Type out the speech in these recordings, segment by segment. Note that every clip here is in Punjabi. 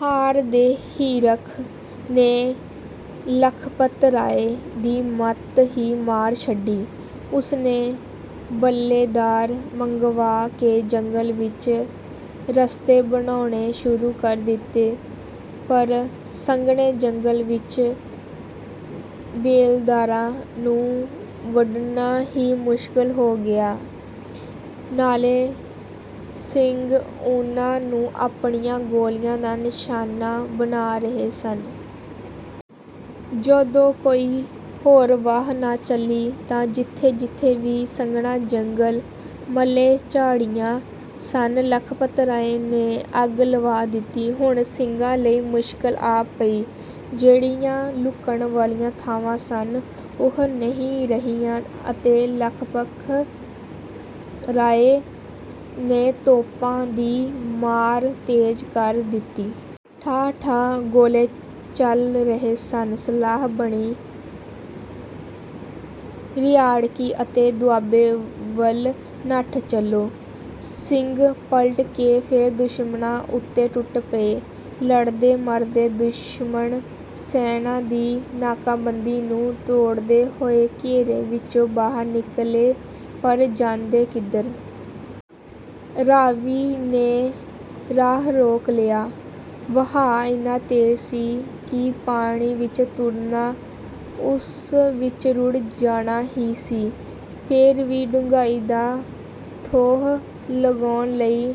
ਹਾਰ ਦੇ ਹਿਰਖ ਨੇ ਲਖਪਤ ਰਾਏ ਦੀ ਮੱਤ ਹੀ ਮਾਰ ਛੱਡੀ। ਉਸਨੇ ਬੇਲਦਾਰ ਮੰਗਵਾ ਕੇ ਜੰਗਲ ਵਿੱਚ ਰਸਤੇ ਬਣਵਾਉਣੇ ਸ਼ੁਰੂ ਕਰ ਦਿੱਤੇ ਪਰ ਸੰਘਣੇ ਜੰਗਲ ਵਿੱਚ ਬੇਲਦਾਰਾਂ ਨੂੰ ਵੜਨਾ ਹੀ ਮੁਸ਼ਕਲ ਹੋ ਗਿਆ, ਨਾਲੇ ਸਿੰਘ ਉਹਨਾਂ ਨੂੰ ਆਪਣੀਆਂ ਗੋਲੀਆਂ ਦਾ ਨਿਸ਼ਾਨਾ ਬਣਾ ਰਹੇ ਸਨ। ਜਦੋਂ ਕੋਈ ਹੋਰ ਵਾਹ ਨਾ ਚੱਲੀ ਤਾਂ ਜਿੱਥੇ-ਜਿੱਥੇ ਵੀ ਸੰਘਣਾ ਜੰਗਲ, ਮਲ੍ਹੇ-ਝਾੜੀਆਂ ਸਨ, ਲਖਪਤ ਰਾਏ ਨੇ ਅੱਗ ਲਗਵਾ ਦਿੱਤੀ। ਹੁਣ ਸਿੰਘਾਂ ਲਈ ਮੁਸ਼ਕਲ ਆ ਪਈ। ਜਿਹੜੀਆਂ ਲੁਕਣ ਵਾਲੀਆਂ ਥਾਵਾਂ ਸਨ ਉਹ ਨਹੀਂ ਰਹੀਆਂ ਅਤੇ ਲਖਪਤ ਰਾਏ ਨੇ ਤੋਪਾਂ ਦੀ ਮਾਰ ਤੇਜ਼ ਕਰ ਦਿੱਤੀ। ਠਾਹ-ਠਾਹ ਗੋਲੇ ਚੱਲ ਰਹੇ ਸਨ। ਸਲਾਹ ਬਣੀ, "ਰਿਆੜਕੀ ਅਤੇ ਦੁਆਬੇ ਵੱਲ ਨੱਠ ਚੱਲੋ।" ਸਿੰਘ ਪਲਟ ਕੇ ਫੇਰ ਦੁਸ਼ਮਣਾਂ ਉੱਤੇ ਟੁੱਟ ਪਏ। ਲੜਦੇ-ਮਰਦੇ ਦੁਸ਼ਮਣ ਸੈਨਾਂ ਦੀ ਨਾਕਾਬੰਦੀ ਨੂੰ ਤੋੜਦੇ ਹੋਏ ਘੇਰੇ ਵਿੱਚੋਂ ਬਾਹਰ ਨਿਕਲੇ ਪਰ ਜਾਂਦੇ ਕਿੱਧਰ? ਰਾਵੀ ਨੇ ਰਾਹ ਰੋਕ ਲਿਆ। ਵਹਾਅ ਇੰਨਾ ਤੇਜ਼ ਸੀ ਕਿ ਪਾਣੀ ਵਿੱਚ ਉਤਰਨਾ, ਉਸ ਵਿੱਚ ਰੁੜ੍ਹ ਜਾਣਾ ਹੀ ਸੀ। ਫੇਰ ਵੀ ਡੂੰਘਾਈ ਦਾ ਥੋਹ ਲਾਉਣ ਲਈ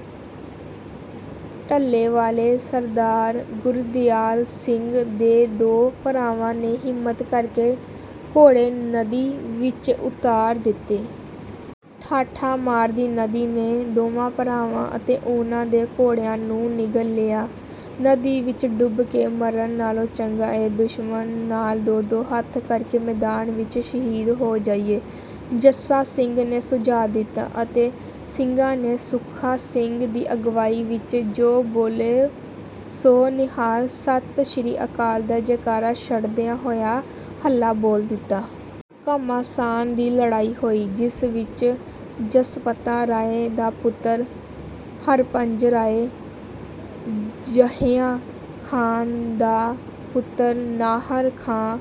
ਡੱਲੇਵਾਲੇ ਸਰਦਾਰ ਗੁਰਦਿਆਲ ਸਿੰਘ ਦੇ ਦੋ ਭਰਾਵਾਂ ਨੇ ਹਿੰਮਤ ਕਰਕੇ ਘੋੜੇ ਨਦੀ ਵਿੱਚ ਉਤਾਰ ਦਿੱਤੇ। ਠਾਠਾਂ ਮਾਰਦੀ ਨਦੀ ਨੇ ਦੋਵਾਂ ਭਰਾਵਾਂ ਅਤੇ ਉਹਨਾਂ ਦੇ ਘੋੜਿਆਂ ਨੂੰ ਨਿਗਲ ਲਿਆ। "ਨਦੀ ਵਿੱਚ ਡੁੱਬ ਕੇ ਮਰਨ ਨਾਲੋਂ ਚੰਗਾ ਏ, ਦੁਸ਼ਮਣ ਨਾਲ ਦੋ-ਦੋ ਹੱਥ ਕਰਕੇ ਮੈਦਾਨ ਵਿੱਚ ਸ਼ਹੀਦ ਹੋ ਜਾਈਏ।" ਜੱਸਾ ਸਿੰਘ ਨੇ ਸੁਝਾਅ ਦਿੱਤਾ ਅਤੇ ਸਿੰਘਾਂ ਨੇ ਸੁੱਖਾ ਸਿੰਘ ਦੀ ਅਗਵਾਈ ਵਿੱਚ, 'ਜੋ ਬੋਲੇ ਸੋ ਨਿਹਾਲ, ਸਤਿ ਸ੍ਰੀ ਅਕਾਲ' ਦਾ ਜੈਕਾਰਾ ਛੱਡਦਿਆਂ ਹੋਇਆਂ ਹੱਲਾ ਬੋਲ ਦਿੱਤਾ। ਘਮਾਸਾਨ ਦੀ ਲੜਾਈ ਹੋਈ, ਜਿਸ ਵਿੱਚ ਜਸਪਤਾ ਰਾਏ ਦਾ ਪੁੱਤਰ ਹਰਭਜ ਰਾਏ, ਯਹੀਆ ਖਾਂ ਦਾ ਪੁੱਤਰ ਨਾਹਰ ਖਾਂ,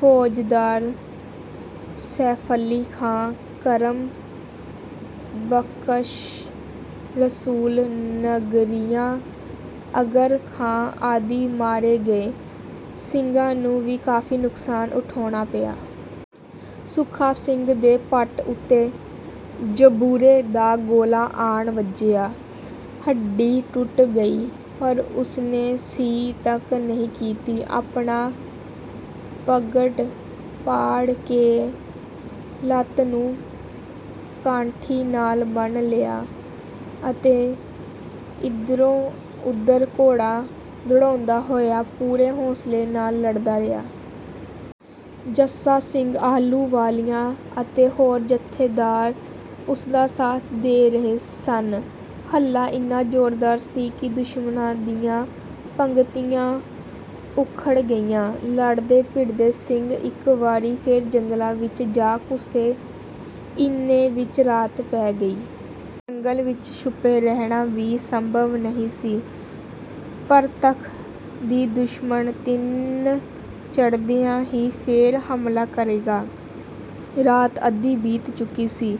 ਫੌਜਦਾਰ ਸੈਫ਼ਅਲੀ ਖਾਂ, ਕਰਮ ਬਖ਼ਸ਼ ਰਸੂਲ ਨਗਰੀਆ, ਅਗਰ ਖਾਂ ਆਦਿ ਮਾਰੇ ਗਏ। ਸਿੰਘਾਂ ਨੂੰ ਵੀ ਕਾਫੀ ਨੁਕਸਾਨ ਉਠਾਉਣਾ ਪਿਆ। ਸੁੱਖਾ ਸਿੰਘ ਦੇ ਪੱਟ ਉੱਤੇ ਜੰਬੂਰੇ ਦਾ ਗੋਲਾ ਆਣ ਵੱਜਿਆ। ਹੱਡੀ ਟੁੱਟ ਗਈ, ਪਰ ਉਸਨੇ 'ਸੀ' ਤੱਕ ਨਹੀਂ ਕੀਤੀ। ਆਪਣਾ ਪੱਗੜ ਪਾੜ ਕੇ ਲੱਤ ਨੂੰ ਕਾਠੀ ਨਾਲ ਬੰਨ੍ਹ ਲਿਆ ਅਤੇ ਇਧਰੋਂ-ਉਧਰ ਘੋੜਾ ਦੌੜਾਉਂਦਾ ਹੋਇਆ ਪੂਰੇ ਹੌਂਸਲੇ ਨਾਲ ਲੜਦਾ ਰਿਹਾ। ਜੱਸਾ ਸਿੰਘ ਆਹਲੂਵਾਲੀਆ ਅਤੇ ਹੋਰ ਜੱਥੇਦਾਰ ਉਸਦਾ ਸਾਥ ਦੇ ਰਹੇ ਸਨ। ਹੱਲਾ ਇੰਨਾ ਜ਼ੋਰਦਾਰ ਸੀ ਕਿ ਦੁਸ਼ਮਣ ਦੀਆਂ ਪੰਗਤੀਆਂ ਉਖੜ ਗਈਆਂ। ਲੜਦੇ-ਭਿੜਦੇ ਸਿੰਘ ਇੱਕ ਵਾਰੀ ਫੇਰ ਜੰਗਲਾਂ ਵਿੱਚ ਜਾ ਘੁਸੇ। ਇੰਨੇ ਵਿੱਚ ਰਾਤ ਪੈ ਗਈ। ਜੰਗਲ ਵਿੱਚ ਛੁਪੇ ਰਹਿਣਾ ਵੀ ਸੰਭਵ ਨਹੀਂ ਸੀ। ਪਰਤੱਖ ਸੀ ਦੁਸ਼ਮਣ ਦਿਨ ਚੜ੍ਹਦਿਆਂ ਹੀ ਫੇਰ ਹਮਲਾ ਕਰੇਗਾ। ਰਾਤ ਅੱਧੀ ਬੀਤ ਚੁੱਕੀ ਸੀ।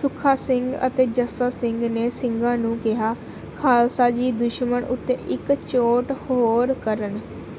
ਸੁੱਖਾ ਸਿੰਘ ਅਤੇ ਜੱਸਾ ਸਿੰਘ ਨੇ ਸਿੰਘਾਂ ਨੂੰ ਕਿਹਾ, "ਖਾਲਸਾ ਜੀ, ਦੁਸ਼ਮਣ ਉੱਤੇ ਇੱਕ ਚੋਟ ਹੋਰ ਕਰਨ